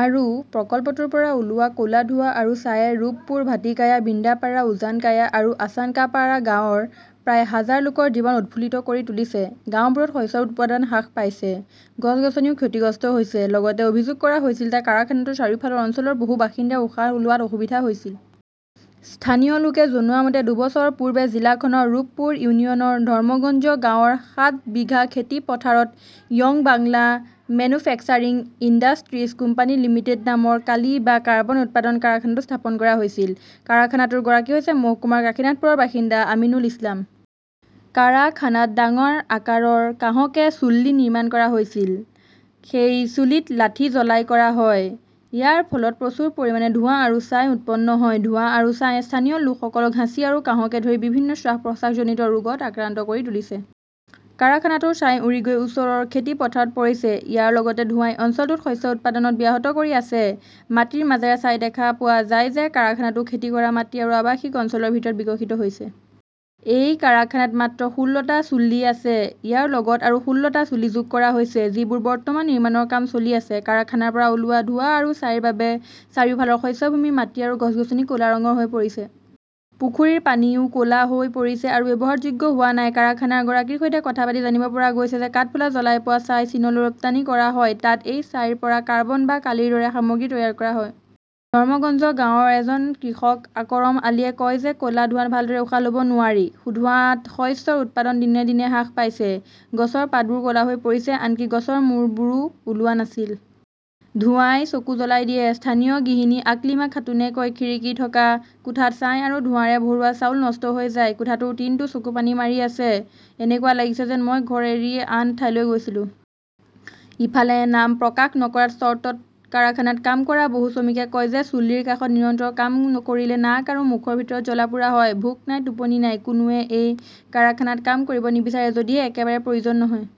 আৰু প্ৰকল্পটোৰ পৰা ওলোৱা ক 'লা ধোঁৱা আৰু ছাইয়ে ৰূপপুৰ, ভাটিকায়া, বৃন্দাপাৰা, উজানকায়া আৰু আচানকাপাৰা গাঁৱৰ প্ৰায় হাজাৰ লোকৰ জীৱন উৎফুল্লিত কৰি তুলিছে। গাওঁবোৰত শস্যৰ উৎপাদন হ্ৰাস পাইছে, গছ-গছনিও ক্ষতিগ্ৰস্ত হৈছে। লগতে অভিযোগ কৰা হৈছিল যে কাৰখানাটোৰ চাৰিওফালৰ অঞ্চলৰ বহু বাসিন্দাৰ উশাহ লোৱাত অসুবিধা হৈছিল। স্থানীয় লোকে জনোৱা মতে, দুবছৰ পূৰ্বে জিলাখনৰ ৰূপপুৰ ইউনিয়নৰ ধৰ্মগঞ্জ গাঁৱৰ সাত বিঘা খেতি পথাৰত 'Young Bangla Manufacturing Industries Company Limited' নামৰ কালি বা কাৰ্বন উৎপাদন কাৰখানাটো স্থাপন কৰা হৈছিল। কাৰখানাটোৰ গৰাকী হৈছে মহকুমাৰ কাশীনাথপুৰৰ বাসিন্দা আমিনুল ইছলাম। কাৰখানাত ডাঙৰ আকাৰৰ কাঁহকে চুল্লি নিৰ্মাণ কৰা হৈছিল। সেই চুলিত লাঠি জ্বলাই কৰা হয়। ইয়াৰ ফলত প্ৰচুৰ পৰিমাণে ধোঁৱা আৰু ছাই উৎপন্ন হয়। ধোঁৱা আৰু ছাইয়ে স্থানীয় লোকসকলক হাঁচি আৰু কাঁহকে ধৰি বিভিন্ন শ্বাস-প্ৰশ্বাসজনিত ৰোগত আক্ৰান্ত কৰি তুলিছে। কাৰখানাটোৰ ছাই উৰি গৈ ওচৰৰ খেতি পথাৰত পৰিছে। ইয়াৰ লগত ধোঁৱাই অঞ্চলটোত শস্য উৎপাদন ব্যাহত কৰি আছে। মাটিৰ মাজেৰে চাই দেখা পোৱা যায় যে কাৰখানাটো খেতি কৰা মাটি আৰু আৱাসিক অঞ্চলৰ ভিতৰত বিকশিত হৈছে। এই কাৰখানাত মাত্ৰ ষোল্লটা চুল্লি আছে। ইয়াৰ লগত আৰু ষোল্লটা চুল্লি যোগ কৰা হৈছে, যিবোৰ বৰ্তমান নিৰ্মাণৰ কাম চলি আছে। কাৰখানাৰ পৰা ওলোৱা ধোঁৱা আৰু ছাইৰ বাবে চাৰিওফালৰ শস্য ভূমিৰ মাটি আৰু গছ-গছনি ক 'লা ৰঙৰ হৈ পৰিছে। পুখুৰীৰ পানীও ক 'লা হৈ পৰিছে আৰু ব্যৱহাৰযোগ্য হোৱা নাই। কাৰখানাৰ গৰাকীৰ সৈতে কথা পাতি জানিব পৰা গৈছে যে কাঠফুলা জ্বলাই পোৱা ছাই চীনলৈ ৰপ্তানি কৰা হয়। তাত এই ছাইৰ পৰা কাৰ্বন বা কালিৰ দৰে সামগ্ৰী তৈয়াৰ কৰা হয়। ধৰ্মগঞ্জ গাঁৱৰ এজন কৃষক আকৰম আলীয়ে কয় যে ক 'লা ধোঁৱাত ভালদৰে উশাহ ল'ব নোৱাৰি। ধোঁৱাত শস্যৰ উৎপাদন দিনে দিনে হ্ৰাস পাইছে। গছৰ পাতবোৰ ক 'লা হৈ পৰিছে। আনকি গছৰ মূৰবোৰো ওলোৱা নাছিল। ধোঁৱাই চকু জ্বলাই দিয়ে, স্থানীয় গৃহিণী আকলিমা খাতুনে কয়। খিৰিকী থকা কোঠাত ছাই আৰু ধোঁৱাৰে ভৰোৱা চাউল নষ্ট হৈ যায়। কোঠাটোৰ টিনটো চকুপানী মাৰি আছে। এনেকুৱা লাগিছে যেন মই ঘৰ এৰি আন ঠাইলৈ গৈছিলো। ইফালে, নাম প্ৰকাশ নকৰাৰ চৰ্তত কাৰখানাত কাম কৰা বহু শ্ৰমিকে কয় যে, চুল্লীৰ কাষত নিৰন্তৰ কাম কৰিলে নাক আৰু মুখৰ ভিতৰত জ্বলা-পোৰা হয়। ভোক নাই, টোপনি নাই। কোনোৱে এই কাৰখানাত কাম কৰিব নিবিচাৰে যদিহে একেবাৰে প্ৰয়োজন নহয়।